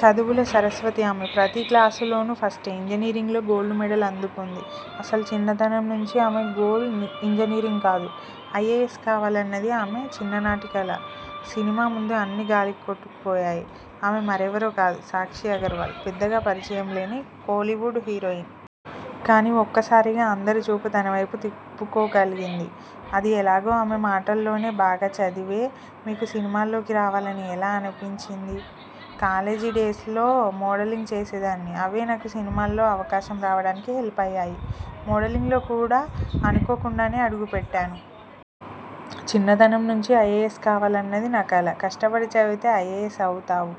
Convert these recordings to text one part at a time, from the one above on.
చదువుల సరస్వతి ఆమె. ప్రతి క్లాసులోనూ ఫస్టే! ఇంజనీరింగ్లో గోల్డ్ మెడల్ అందుకుంది. అసలు చిన్నతనం నుంచీ ఆమె గోల్ ఇంజనీరింగ్ కాదు. ఐఏఎస్ కావాలన్నది ఆమె చిన్ననాటి కల. సినిమా ముందు అన్నీ గాలికి కొట్టుకుపోయాయి. ఆమె మరెవరో కాదు. సాక్షి అగర్వాల్ పెద్దగా పరిచయం లేని కోలీవుడ్ హీరోయిన్. కానీ ఒక్కసారిగా అందరి చూపు తన వైపు తిప్పుకోగలిగింది. అది ఎలాగో ఆమె మాటల్లోనేబాగా చదివే మీకు సినిమాల్లోకి రావాలని ఎలా అని పించింది? కాలేజీ డేస్లో మోడలింగ్ చేసేదాన్ని. అవే నాకు సినిమాల్లో అవకాశం రావడానికి హెల్ప్ అయ్యాయి. మోడలింగ్లో కూడా అనుకోకుండానే అడుగుపెట్టాను. చిన్నతనం నుంచీ ఐఏఎస్ కావాలన్నది నా కల. కష్టపడి చదివితే ఐఏఎస్ అవుతావు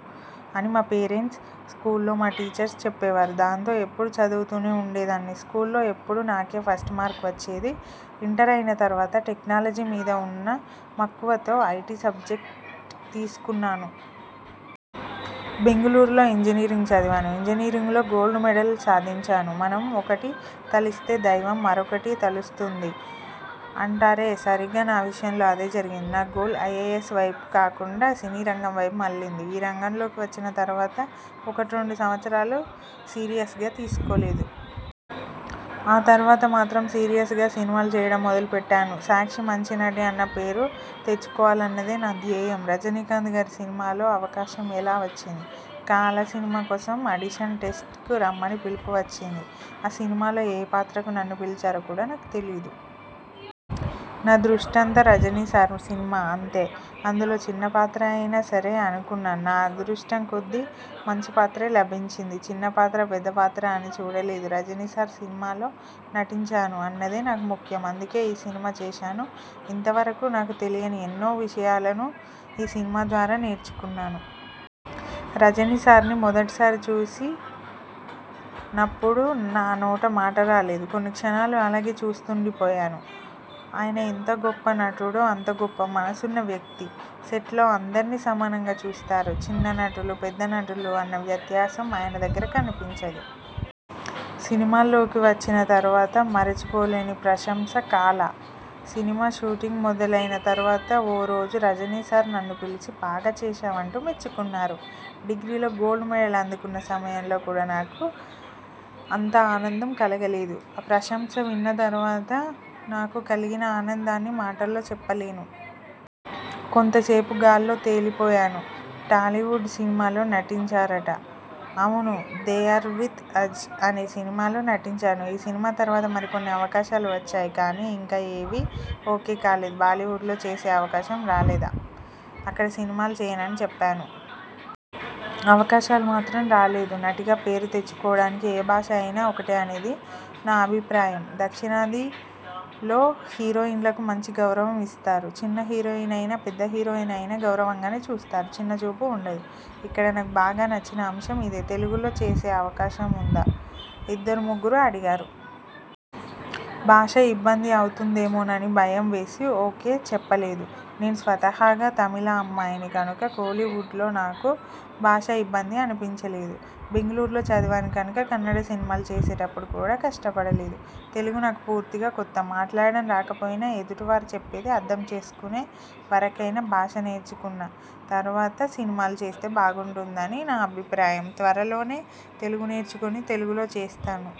అని మా పేరెంట్స్, స్కూల్లో మా టీచర్లు చెప్పేవారు. దాంతో ఎప్పుడూ చదువుతూనే ఉండేదాన్ని. స్కూల్లో ఎప్పుడూ నాకే ఫస్ట్ మార్క్ వచ్చేది. ఇంటర్ అయిన తరువాత టెక్నాలజీ మీద ఉన్న మక్కువతో ఐటి సబ్జెక్ట్ తీసుకున్నాను. బెంగుళూరులో ఇంజనీరింగ్ చదివాను. ఇంజనీరింగులో గోల్డ్ మెడల్ సాధించాను. మనం ఒకటి తలిస్తే దైవం మరొకటి తలుస్తుంది అంటారేసరిగ్గా నా విషయంలో అదే జరిగింది. నా గోల్ ఐఏఎస్ వైపు కాకుండా సినీరంగం వైపు మళ్ళింది. ఈ రంగంలోకి వచ్చిన తరువాత ఒకటి రెండు సంవత్సరాలు సీరియస్గా తీసుకోలేదు. ఆ తరువాత మాత్రం సీరియస్గా సినిమాలు చేయడం మొదలు పెట్టాను. సాక్షి మంచి నటి అన్న పేరు తెచ్చుకోవాలన్నదే నా ధ్యేయం. రజనీకాంత్ గారి సినిమాలో అవకాశం ఎలా వచ్చింది? 'కాలా' సినిమా కోసం అడిషన్ టెస్ట్కు రమ్మని పిలుపు వచ్చింది. ఆ సినిమాలో ఏ పాత్రకు నన్ను పిలిచారో కూడా నాకు తెలియదు. నా దృష్టంతా రజనీసార్ సినిమా అంతే! అందులో చిన్న పాత్ర అయినా సరే అనుకున్నాను. నా అదృష్టం కొద్దీ మంచి పాత్రే లభించింది. చిన్నపాత్రా, పెద్ద పాత్రా అని చూడలేదు. రజనీసార్ సినిమాలో నటించాను అన్నదే నాకు ముఖ్యం అందుకే ఈ సినిమా చేశాను. ఇంత వరకూ నాకు తెలియని ఎన్నో విషయాలను ఈ సినిమా ద్వారా నేర్చుకున్నాను. రజనీసార్ని మొదటి సారి చూసినప్పుడు నా నోట మాట రాలేదు. కొన్ని క్షణాలు అలాగే చూస్తూ ఉండిపోయాను. ఆయన ఎంత గొప్ప నటుడో అంత గొప్ప మనసున్న వ్యక్తి. సెట్లో అందరినీ సమానంగా చూస్తారు. చిన్న నటులు, పెద్ద నటులు అన్న వ్యత్యాసం ఆయన దగ్గర కనిపించదు. సినిమాల్లోకి వచ్చిన తరువాత మరిచి పోలేని ప్రసంశ 'కాలా' సినిమా షూటింగ్ మొదలయిన తరువాత ఓ రోజు రజనీసార్ నన్ను పిలిచి 'బాగా చేశావ్' అంటూ మెచ్చుకున్నారు. డిగ్రీలో గోల్డ్ మెడల్ అందుకున్న సమయంలో కూడా నాకు అంత ఆనందం కలగలేదు. ఆ ప్రశంస విన్న తరువాత నాకు కలిగిన ఆనందాన్ని మాటల్లో చెప్పలేను. కొంతసేపు గాల్లో తేలిపోయాను. హాలీవుడ్ సినిమాలో నటించారట? అవును 'దే ఆర్ విత్ అజ్' అనే సినిమాలో నటించాను. ఈ సినిమా తరువాత మరికొన్ని అవకాశాలు వచ్చాయి కానీ, ఇంకా ఏవీ ఓకే కాలేదు. బాలీవుడ్లో చేసే అవకాశం రాలేదా? అక్కడ సినిమాలు చేయనని చెప్పను. అవకాశాలు మాత్రం రాలేదు. నటిగా పేరు తెచ్చుకోవడానికి ఏ భాష అయినా ఒకటే అనేది నా అభిప్రాయం. దక్షిణాదిలో హీరోయిన్లకు మంచి గౌరవం ఇస్తారు. చిన్న హీరోయిన్ అయినా, పెద్ద హీరోయిన్ అయినా గౌరవంగానే చూస్తారు. చిన్న చూపు ఉండదు. ఇక్కడ నాకు బాగా నచ్చిన అంశం ఇదే తెలుగులో చేసే అవకాశం ఉందా ఇద్దరు ముగ్గురు అడిగారు. భాష ఇబ్బంది అవుతుందేమోనని భయం వేసి ఓకే చెప్పలేదు. నేను స్వతాహాగా తమిళ అమ్మాయిని కనుక కోలీవుడ్లో నాకు భాష ఇబ్బంది అనిపించలేదు. బెంగళూరులో చదివాను కనుక కన్నడ సినిమాలు చేసేటప్పుడు కూడా కష్టపడలేదు. తెలుగు నాకు పూర్తిగా కొత్త. మాట్లాడడం రాకపోయినా, ఎదుటి వారు చెప్పేది అర్థం చేసుకునే వరకైనా భాష నేర్చుకున్న తరువాత సినిమాలు చేస్తే బాగుంటుందని నా అభిప్రాయం. త్వరలోనే తెలుగు నేర్చుకుని, తెలుగులో చేస్తాను.